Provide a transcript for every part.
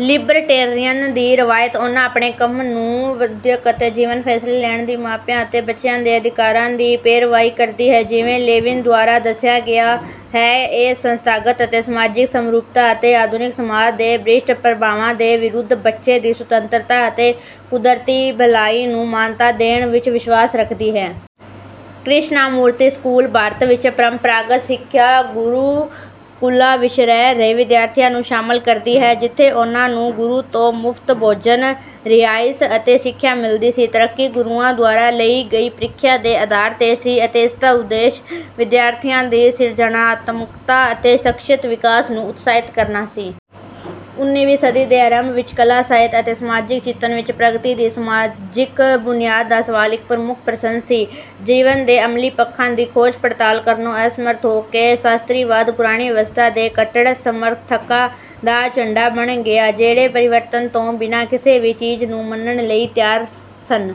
Libertarian ਦੀ ਰਵਾਇਤ ਉਨ੍ਹਾਂ ਆਪਣੇ ਕੰਮ ਨੂੰ ਵਿਦਿਅਕ ਅਤੇ ਜੀਵਨ ਫੈਸਲੇ ਲੈਣ ਦੀ ਮਾਪਿਆਂ ਅਤੇ ਬੱਚਿਆਂ ਦੇ ਅਧਿਕਾਰਾਂ ਦੀ ਪੈਰਵਾਈ ਕਰਦੀ ਹੈ। ਜਿਵੇਂ ਲੇਵਿਨ ਦੁਆਰਾ ਦੱਸਿਆ ਗਿਆ ਹੈ ਇਹ ਸੰਸਥਾਗਤ ਅਤੇ ਸਮਾਜਿਕ ਸਮਰੂਪਤਾ ਅਤੇ ਆਧੁਨਿਕ ਸਮਾਜ ਦੇ ਭ੍ਰਿਸ਼ਟ ਪ੍ਰਭਾਵਾਂ ਦੇ ਵਿਰੁੱਧ ਬੱਚੇ ਦੀ ਸੁਤੰਤਰਤਾ ਅਤੇ ਕੁਦਰਤੀ ਭਲਾਈ ਨੂੰ ਮਾਨਤਾ ਦੇਣ ਵਿੱਚ ਵਿਸ਼ਵਾਸ ਰਖਦੀ ਹੈ। ਕ੍ਰਿਸ਼ਨਾਮੂਰਤੀ ਸਕੂਲ। ਭਾਰਤ ਵਿੱਚ ਪ੍ਰੰਪਰਾਗਤ ਸਿੱਖਿਆ ਗੁਰੂਕੁਲਾਂ ਵਿੱਚ ਰਹਿ ਰਹੇ ਵਿਦਿਆਰਥੀਆਂ ਨੂੰ ਸ਼ਾਮਲ ਕਰਦੀ ਹੈ ਜਿੱਥੇ ਉਨ੍ਹਾਂ ਨੂੰ ਗੁਰੂ ਤੋਂ ਮੁਫਤ ਭੋਜਨ ਰਿਹਾਇਸ਼ ਅਤੇ ਸਿੱਖਿਆ ਮਿਲਦੀ ਸੀ। ਤਰੱਕੀ ਗੁਰੂਆਂ ਦੁਆਰਾ ਲਈ ਗਈ ਪ੍ਰੀਖਿਆ ਦੇ ਆਧਾਰ ਤੇ ਸੀ ਅਤੇ ਇਸਦਾ ਉਦੇਸ਼ ਵਿਦਿਆਰਥੀਆਂ ਦੀ ਸਿਰਜਣਾਤਮਕਤਾ ਅਤੇ ਸ਼ਖਸੀਅਤ ਵਿਕਾਸ ਨੂੰ ਉਤਸ਼ਾਹਿਤ ਕਰਨਾ ਸੀ। ਉਨੀਵੀਂ ਸਦੀ ਦੇ ਆਰੰਭ ਵਿੱਚ ਕਲਾ ਸਾਹਿਤ ਅਤੇ ਸਮਾਜਿਕ ਚਿੰਤਨ ਵਿੱਚ ਪ੍ਰਗਤੀ ਦੀ ਸਮਾਜਿਕ ਬੁਨਿਆਦ ਦਾ ਸਵਾਲ ਇੱਕ ਪ੍ਰਮੁੱਖ ਪ੍ਰਸ਼ਨ ਸੀ। ਜੀਵਨ ਦੇ ਅਮਲੀ ਪੱਖਾਂ ਦੀ ਖੋਜ ਪੜਤਾਲ ਕਰਨੋਂ ਅਸਮਰੱਥ ਹੋ ਕੇ ਸ਼ਾਸਤਰੀਵਾਦ ਪੁਰਾਣੀ ਵਿਵਸਥਾ ਦੇ ਕੱਟੜ ਸਮਰਥਕਾਂ ਦਾ ਝੰਡਾ ਬਣ ਗਿਆ ਜਿਹੜੇ ਪਰਿਵਰਤਨ ਤੋਂ ਬਿਨਾਂ ਕਿਸੇ ਵੀ ਚੀਜ਼ ਨੂੰ ਮੰਨਣ ਲਈ ਤਿਆਰ ਸਨ।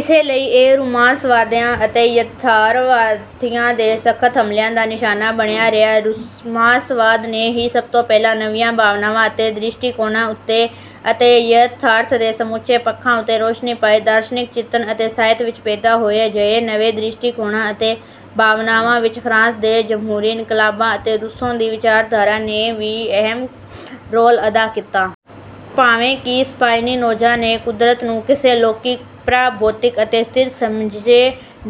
ਇਸੇ ਲਈ ਇਹ ਰੁਮਾਂਸਵਾਦੀਆਂ ਅਤੇ ਯਥਾਰਥਵਾਦੀਆਂ ਦੇ ਸਖਤ ਹਮਲਿਆਂ ਦਾ ਨਿਸ਼ਾਨਾ ਬਣਿਆ ਰਿਹਾ। ਰੁਮਾਂਸਵਾਦ ਨੇ ਹੀ ਸਭ ਤੋਂ ਪਹਿਲਾਂ ਨਵੀਆਂ ਭਾਵਨਾਵਾਂ ਅਤੇ ਦ੍ਰਿਸ਼ਟੀਕੋਣਾਂ ਉੱਤੇ ਅਤੇ ਯਥਾਰਥ ਦੇ ਸਮੁੱਚੇ ਪੱਖਾਂ ਉੱਤੇ ਰੌਸ਼ਨੀ ਪਾਈ। ਦਾਰਸ਼ਨਿਕ ਚਿੰਤਨ ਅਤੇ ਸਾਹਿਤ ਵਿੱਚ ਪੈਦਾ ਹੋਏ ਅਜਿਹੇ ਨਵੇਂ ਦ੍ਰਿਸ਼ਟੀਕੋਣਾਂ ਅਤੇ ਭਾਵਨਾਵਾਂ ਵਿੱਚ ਫਰਾਂਸ ਦੇ ਜਮਹੂਰੀ ਇਨਕਲਾਬਾਂ ਅਤੇ ਰੂਸੋ ਦੀ ਵਿਚਾਰਧਾਰਾ ਨੇ ਵੀ ਅਹਿਮ ਰੋਲ ਅਦਾ ਕੀਤਾ। ਭਾਵੇਂ ਕਿ ਸਪਾਈਨੋਜ਼ਾ ਨੇ ਕੁਦਰਤ ਨੂੰ ਕਿਸੇ ਅਲੌਕਿਕ ਪਰਾਭੌਤਿਕ ਅਤੇ ਸਥਿਰ ਸਮਝੇ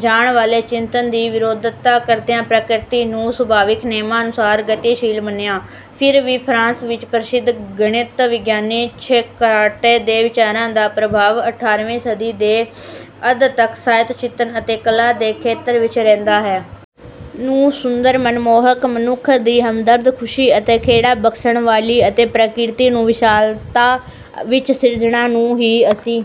ਜਾਣ ਵਾਲੇ ਚਿੰਤਨ ਦੀ ਵਿਰੋਧਤਾ ਕਰਦਿਆਂ ਪ੍ਰਕਿਰਤੀ ਨੂੰ ਸੁਭਾਵਿਕ ਨੇਮਾਂ ਅਨੁਸਾਰ ਗਤੀਸ਼ੀਲ ਮੰਨਿਆ। ਫਿਰ ਵੀ ਫਰਾਂਸ ਵਿੱਚ ਪ੍ਰਸਿੱਧ ਗਣਿਤ ਵਿਗਿਆਨੀ ਛੇਕਾਰਟੇ ਦੇ ਵਿਚਾਰਾਂ ਦਾ ਪ੍ਰਭਾਵ ਅਠਾਰ੍ਹਵੀਂ ਸਦੀ ਦੇ ਅੱਧ ਤੱਕ ਸਾਹਿਤ ਚਿੰਤਨ ਅਤੇ ਕਲਾ ਦੇ ਖੇਤਰ ਵਿੱਚ ਰਹਿੰਦਾ ਹੈ। ਨੂੰ ਸੁੰਦਰ ਮਨਮੋਹਕ ਮਨੁੱਖ ਦੀ ਹਮਦਰਦ ਖੁਸ਼ੀ ਅਤੇ ਖੇੜਾ ਬਖਸ਼ਣ ਵਾਲੀ ਅਤੇ ਪ੍ਰਕਿਰਤੀ ਨੂੰ ਵਿਸ਼ਾਲਤਾ ਵਿੱਚ ਸਿਰਜਣਾ ਨੂੰ ਹੀ ਅਸੀਂ